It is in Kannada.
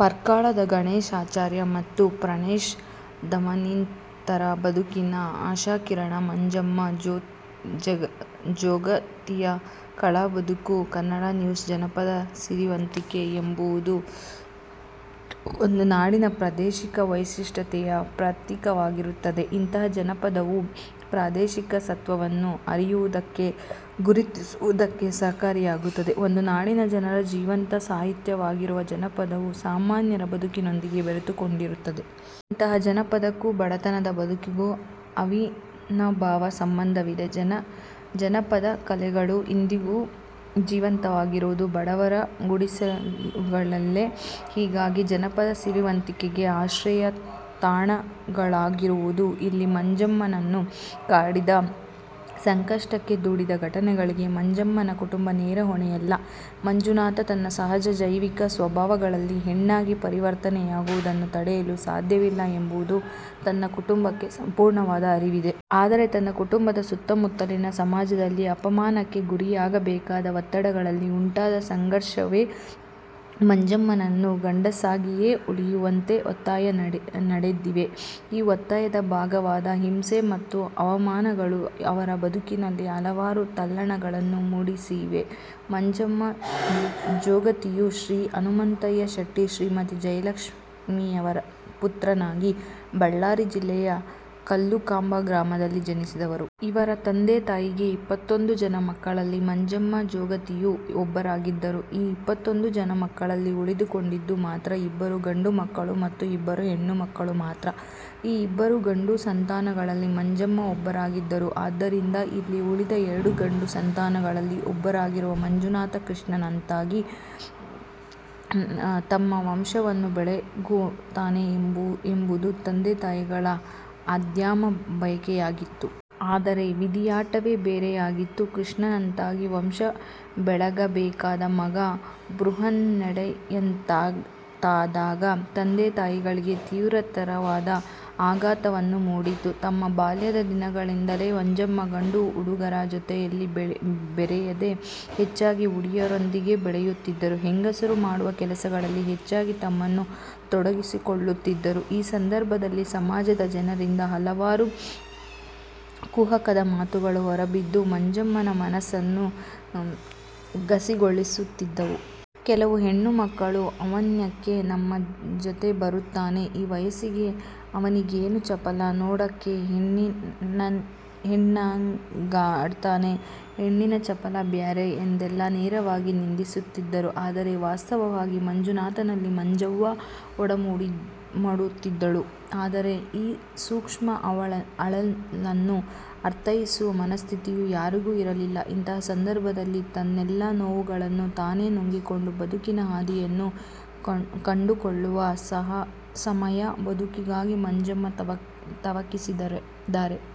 ಪರ್ಕಳದ ಗಣೇಶ್ ಆಚಾರ್ಯ ಮತ್ತು ಪ್ರಾಣೇಶ್ ದಮನಿತರ ಬದುಕಿನ ಆಶಾಕಿರಣ ಮಂಜಮ್ಮ ಜೋಗತಿಯ ಕಲಾ ಬದುಕು – ಕನ್ನಡ ನ್ಯೂಸ್ ಜಾನಪದ ಸಿರಿವಂತಿಕೆ ಎಂಬುದು ಒಂದು ನಾಡಿನ ಪ್ರಾದೇಶಿಕ ವೈಶಿಷ್ಟ್ಯತೆಯ ಪ್ರತೀಕವಾಗಿರುತ್ತದೆ. ಇಂತಹ ಜಾನಪದವು ಪ್ರಾದೇಶಿಕ ಸತ್ವವನ್ನು ಅರಿಯುವುದಕ್ಕೆ, ಗುರುತಿಸುವುದಕ್ಕೆ ಸಹಕಾರಿಯಾಗುತ್ತದೆ. ಒಂದು ನಾಡಿನ ಜನರ ಜೀವಂತ ಸಾಹಿತ್ಯವಾಗಿರುವ ಜನಪದವು ಸಾಮಾನ್ಯರ ಬದುಕಿನೊಂದಿಗೆ ಬೆರೆತುಕೊಂಡಿರುತ್ತದೆ. ಇಂತಹ ಜಾನಪದಕ್ಕೂ ಬಡತನದ ಬದುಕಿಗೂ ಅವಿನಾಭಾವ ಸಂಬಂಧವಿದೆ. ಜಾನದಪ ಕಲೆಗಳು ಇಂದಿಗೂ ಜೀವಂತವಾಗಿರುವುದು ಬಡವರ ಗುಡಿಸಲುಗಳಲ್ಲೆ. ಹೀಗಾಗಿ ಜಾನಪದ ಸಿರಿವಂತಿಕೆಗೆ ಆಶ್ರಯ ತಾಣಗಳಾಗಿರುವುದು ಇಲ್ಲಿ ಮಂಜಮ್ಮನನ್ನು ಕಾಡಿದ, ಸಂಕಷ್ಟಕ್ಕೆ ದೂಡಿದ ಘಟನೆಗಳಿಗೆ ಮಂಜಮ್ಮನ್ನ ಕುಟುಂಬ ನೇರ ಹೊಣೆಯಲ್ಲ. ಮಂಜುನಾಥ ತನ್ನ ಸಹಜ ಜೈವಿಕ ಸ್ವಭಾವಗಳಲ್ಲಿ ಹೆಣ್ಣಾಗಿ ಪರಿವರ್ತನೆಯಾಗುವುದನ್ನು ತಡೆಯಲು ಸಾಧ್ಯವಿಲ್ಲ ಎಂಬುದು ತನ್ನ ಕುಟುಂಬಕ್ಕೆ ಸಂಪೂರ್ಣವಾದ ಅರಿವಿದೆ. ಆದರೆ ತನ್ನ ಕುಟುಂಬದ ಸುತ್ತಮುತ್ತಲಿನ ಸಮಾಜದಲ್ಲಿ ಅಪಮಾನಕ್ಕೆ ಗುರಿಯಾಗಬೇಕಾದ ಒತ್ತಡಗಳಲ್ಲಿ ಉಂಟಾದ ಸಂಘರ್ಷವೇ ಮಂಜಮ್ಮನನ್ನು ಗಂಡಸ್ಸಾಗಿಯೇ ಉಳಿಯುವಂತೆ ಒತ್ತಾಯ ನಡೆದಿವೆ. ಈ ಒತ್ತಾಯದ ಭಾಗವಾದ ಹಿಂಸೆ ಮತ್ತು ಅವಮಾನಗಳು ಅವರ ಬದುಕಿನಲ್ಲಿ ಹಲವಾರು ತಲ್ಲಣಗಳನ್ನು ಮೂಡಿಸಿವೆ. ಮಂಜಮ್ಮ ಜೋಗತಿಯು ಶ್ರೀ ಹನುಮಂತಯ್ಯ ಶೆಟ್ಟಿ, ಶ್ರೀಮತಿ ಜಯಲಕ್ಷ್ಮೀಯವ ಪುತ್ರನಾಗಿ ಬಳ್ಳಾರಿ ಜಿಲ್ಲೆಯ ಕಲ್ಲುಕಂಬ ಗ್ರಾಮದಲ್ಲಿ ಜನಿಸಿದವರು. ಇವರ ತಂದೆ ತಾಯಿಗೆ ಇಪ್ಪತ್ತೊಂದು ಜನ ಮಕ್ಕಳಲ್ಲಿ ಮಂಜಮ್ಮ ಜೋಗತಿಯು ಒಬ್ಬರಾಗಿದ್ದರು. ಈ ಇಪ್ಪತ್ತೊಂದು ಜನ ಮಕ್ಕಳಲ್ಲಿ ಉಳಿದುಕೊಂಡಿದ್ದು ಮಾತ್ರ ಇಬ್ಬರು ಗಂಡು ಮಕ್ಕಳು ಮತ್ತು ಇಬ್ಬರು ಹೆಣ್ಣು ಮಕ್ಕಳು ಮಾತ್ರ. ಈ ಇಬ್ಬರು ಗಂಡು ಸಂತಾನಗಳಲ್ಲಿ ಮಂಜಮ್ಮ ಒಬ್ಬರಾಗಿದ್ದರು. ಆದ್ದರಿಂದ ಇಲ್ಲಿ ಉಳಿದ ಎರಡು ಗಂಡು ಸಂತಾನಗಳಲ್ಲಿ ಒಬ್ಬರಾಗಿರುವ ಮಂಜುನಾಥ ಕೃಷ್ಣನಂತಾಗಿ ತಮ್ಮ ವಂಶವನ್ನು ಬೆಳಗುತ್ತಾನೆ ಎಂಬುದು ತಂದೆ ತಾಯಿಗಳ ಆದಮ್ಯ ಬಯಕೆಯಾಗಿತ್ತು. ಆದರೆ ವಿಧಿಯಾಟವೇ ಬೇರೆಯಾಗಿತ್ತು. ಕೃಷ್ಣನಂತಾಗಿ ವಂಶ ಬೆಳಗಬೇಕಾದ ಮಗ ಬೃಹನ್ನಳೆಯಂತಾದಾಗ ತಂದೆ ತಾಯಿಗಳಿಗೆ ತೀವ್ರತರವಾದ ಆಘಾತವನ್ನು ಮೂಡಿತ್ತು. ತಮ್ಮ ಬಾಲ್ಯದ ದಿನಗಳಿಂದಲೆ ಮಂಜಮ್ಮ ಗಂಡು ಹುಡುಗರ ಜೊತೆಯಲ್ಲಿ ಬೆರೆಯದೆ ಹೆಚ್ಚಾಗಿ ಹುಡುಗಿಯರೊಂದಿಗೆ ಬೆರೆಯುತ್ತಿದ್ದರು. ಹೆಂಗಸರು ಮಾಡುವ ಕೆಲಸಗಳಲ್ಲಿ ಹೆಚ್ಚಾಗಿ ತಮ್ಮನ್ನು ತೊಡಗಿಸಿಕೊಳ್ಳುತ್ತಿದ್ದರು. ಈ ಸಂದರ್ಭದಲ್ಲಿ ಸಮಾಜದ ಜನರಿಂದ ಹಲವಾರು ಕುಹಕದ ಮಾತುಗಳು ಹೊರಬಿದ್ದು, ಮಂಜಮ್ಮನ ಮನಸ್ಸನ್ನು ಘಾಸಿಗೊಳಿಸುತ್ತಿದ್ದವು. ಕೆಲವು ಹೆಣ್ಣು ಮಕ್ಕಳು "ಅವನ್ಯಾಕೆ ನಮ್ಮ ಜತೆ ಬರುತ್ತಾನೆ? ಈ ವಯಸ್ಸಿಗೆ ಅವನಿಗೇನು ಚಪಲ. ನೋಡೋಕೆ ಹೆಣ್ಣಿನಂಗಾಡ್ತಾನೆ, ಹೆಣ್ಣಿನ ಚಪಲ ಬ್ಯಾರೆ" ಎಂದೆಲ್ಲ ನೇರವಾಗಿ ನಿಂದಿಸುತ್ತಿದ್ದರು. ಆದರೆ ವಾಸ್ತವವಾಗಿ ಮಂಜುನಾಥನಲ್ಲಿ ಮಂಜವ್ವ ಒಡಮೂಡುತ್ತಿದ್ದಳು. ಆದರೆ ಈ ಸೂಕ್ಷ್ಮ ಅಳಲನ್ನು ಅರ್ಥೈಸುವ ಮನಸ್ಥಿತಿಯು ಯಾರಿಗೂ ಇರಲಿಲ್ಲ. ಇಂತಹ ಸಂದರ್ಭದಲ್ಲಿ ತನ್ನೆಲ್ಲ ನೋವುಗಳನ್ನು ತಾನೆ ನುಂಗಿಕೊಂಡು ಬದುಕಿನ ಹಾದಿಯನ್ನು ಕಂಡುಕೊಳ್ಳುವ ಸಾಹಸಮಯ ಬದುಕಿಗಾಗಿ ಮಂಜಮ್ಮ ತವಕಿಸಿದ್ದಾರೆ.